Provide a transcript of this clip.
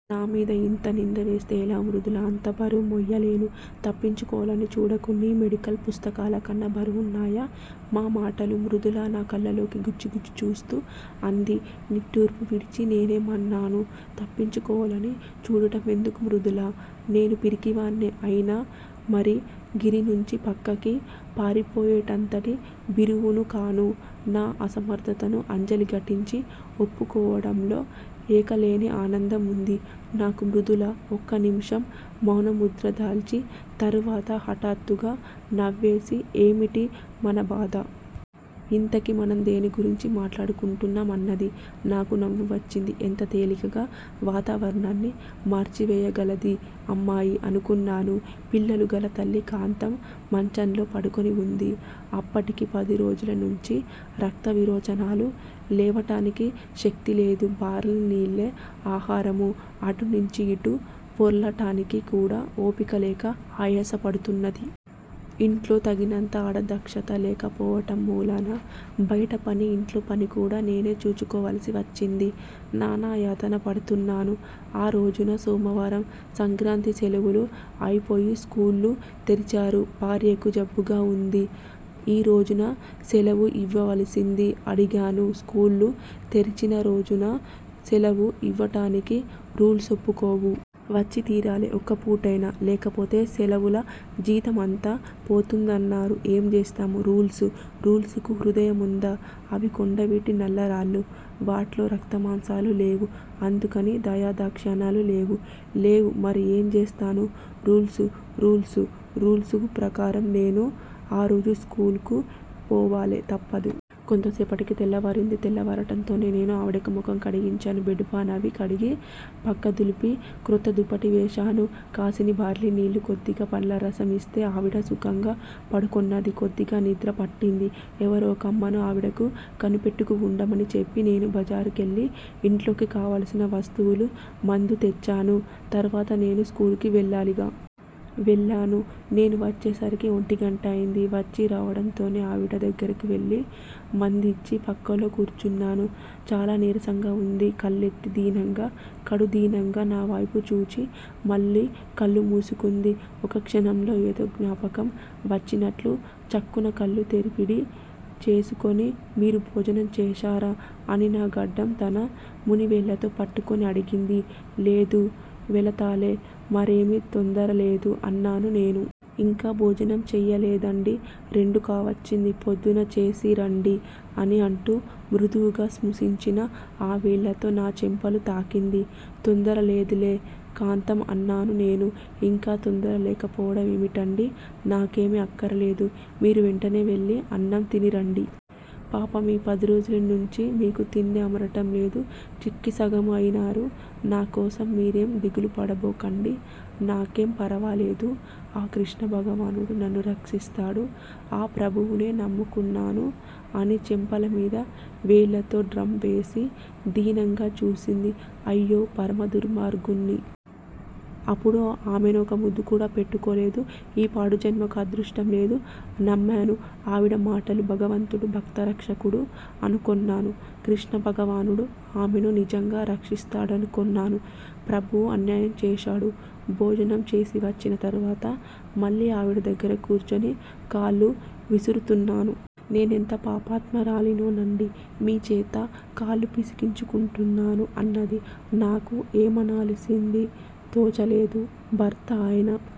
నామీద యింత నిందవేస్తే ఎలా మృదులా! అంతబరువు మొయ్యలేను! తప్పించుకోవాలని చూడకు. నీ మెడికల్ పుస్తకాలకన్నా బరువున్నాయా మా మాటలు? మృదులా నా కళ్ళల్లోకి గ్రుచ్చి గ్రుచ్చి చూస్తూ అంది. నిట్టూర్పు విడిచి నేనేం అన్నాను తప్పించుకోవాలని చూడటమెందుకు మృదులా? నేను పిరికివాణ్ణే అయినా మరీ గిరినుంచి ప్రక్కకి పారిపోయేటంతటి భీరువునుకాను నా అసమర్ధతను అంజలి ఘటించి ఒప్పుకోవటంలో ఎనలేని ఆనందం వుంది నాకు మృదుల ఒక నిమిషం మౌనముద్రదాల్చి, తర్వాత హఠాత్తుగా నవ్వేసి ఏమిటి మన బాధ? ఇంతకీ మనం దేన్నిగురించి మాట్లాడుకుంటున్నాం? అన్నది. నాకూ నవ్వు వచ్చింది. ఎంత తేలికగా వాతావరణాన్ని మార్చి వేయగలదీ అమ్మాయి అనుకున్నాను. పిల్లలు గల తల్లి కాంత మంచంలో పడుకొని వుంది. అప్పటికి పదిరోజుల నుంచీ రక్త విరోచనాలు. లేవటానికి శక్తి లేదు. బార్లినీళ్ళే ఆహారము. అటునుంచి యిటు పొర్లటానికి కూడా ఓపిక లేక ఆయాస పడుతున్నది. ఇంట్లో తగినంత ఆడదక్షత లేకపోవడం మూలన బయటపని ఇంట్లో పనికూడా నేనే చూచుకో వలసి వచ్చింది. నానాయాతన పడుతున్నాను. ఆ రోజున సోమవారం సంక్రాంతి సెలవులు అయిపోయి స్కూలు తెరిచారు. భార్యకు జబ్బుగా వుంది. ఈ రోజున సెలవు ఇయ్యాలిసిందని అడిగాను. స్కూలు తెరిచిన రోజున సెలవు యివ్వటానికి రూల్సు ఒప్పుకోవు. వచ్చి తీరాలె ఒక్క పూటైనా, లేకపోతే సెలవుల జీతం అంతా పోతుందన్నారు. ఏం జేస్తాము. రూల్సు! రూల్సుకు హృదయం ఉందా? అవి కొండవీటి నల్ల రాళ్ళు. వాట్లో రక్తమాంసాలు లేవు, అందుకని దయాదాక్షిణ్యాలు లేవు. లేవు మరి ఏం జేస్తానూ! రూల్సు! రూల్సు! రూల్సు ప్రకారం నేను ఆ రోజు స్కూలుకు పోవాలె, తప్పదు. కొంతసేపటికి తెల్లవారింది. తెల్లవారటంతోనే నేనూ ఆవిడకు మొఖం కడిగించాను, బెడ్ పాన్ అవీ కడిగి, పక్క దులిపి_క్రొత్త దుప్పటి వేశాను. కాసిని బార్లీ నీళ్ళు కొద్దిగా పండ్లరసం యిస్తే ఆవిడ సుఖంగా పడుకొన్నది. కొద్దిగా నిద్ర పట్టింది. ఎవరో ఒకమ్మను, ఆవిడకు కనిపెట్టివుండమని చెప్పి, నేను బజారు కెళ్ళి ఇంట్లోకి కావలసిన వస్తువులూ; మందూ తెచ్చాను తరువాత నేను స్కూలుకు వెళ్ళాలిగా! వెళ్ళాను. నేను వచ్చేసరికి ఒంటిగంట అయింది. వచ్చీ రావటంతోనే ఆవిడ దగ్గరకు వెళ్ళి మందుయిచ్చి ప్రక్కలో కూర్చున్నాను. చాలా నీరసంగా ఉంది, కళ్ళెత్తి దీనంగా_కడు దీనంగా నా వైపు చూచి మళ్ళీ కళ్ళు మూసుకొంది. ఒక్క క్షణంలో ఏదో జ్ఞాపకం వచ్చినట్లు చటుక్కున కళ్ళు తెరిపిడి చేసికొని, మీరు భోజనం చేశారా అని నా గడ్డం తన మునివేళ్ళతో పట్టుకొని అడిగింది, లేదు, వెళతాలే, మరేమీ తొందరలేదు అన్నాను నేను. ఇంకా భోజనం చెయ్యలేదండీ? రెండు కావచ్చింది. ప్రొద్దున చేసిరండీ అని అంటూ మృదువుగా శుష్కించిన ఆ వేళ్ళతో నా చెంపలు తాకింది, తొందర లేదులే కాంతం అన్నాను నేను. ఇంకా తొందర లేకపోవటం ఏమిటండీ? నాకేమీ అక్కరలేదు. మీరు వెంటనే వెళ్ళి అన్నం తిని రండి. పాపం, ఈ పదిరోజుల నుంచీ మీకు తిండి అమరటం లేదు. చిక్కి సగమయి పోయినారు, నాకోసం మీరేం దిగులుపడబోకండి. నాకేం ఫరవాలేదు. ఆ కృష్ణభగవానుడు నన్ను రక్షిస్తాడు. ఆ ప్రభువునే నమ్ముకున్నాను. అని చెంపల మీద వేళ్ళతో డ్రం చేసి దీనంగా చూసింది. అయ్యో పరమదుర్మార్గుణ్ణి. అపుడు ఆమెను ఒక ముద్దుకూడా పెట్టుకోలేదు. ఈ పాడుజన్మకు అదృష్టం లేదు. నమ్మాను ఆవిడ మాటలు. భగవంతుడు భక్త రక్షకుడు అనుకొన్నాను. కృష్ణ భగవానుడు ఆమెను నిజంగా రక్షిస్తాడనుకొన్నాను. ప్రభువు అన్యాయం చేశాడు. భోజనం చేసివచ్చిన తరువాత మళ్ళీ ఆవిడ దగ్గర కూర్చుని కాళ్ళు విసురుతున్నాను. నేనెంత పాపాత్మురాలినో నండి. మీచేత కాళ్ళు పిసికించుకుంటున్నాను అన్నది, నాకు ఏమనాలిసింది తోచలేదు, భర్త అయిన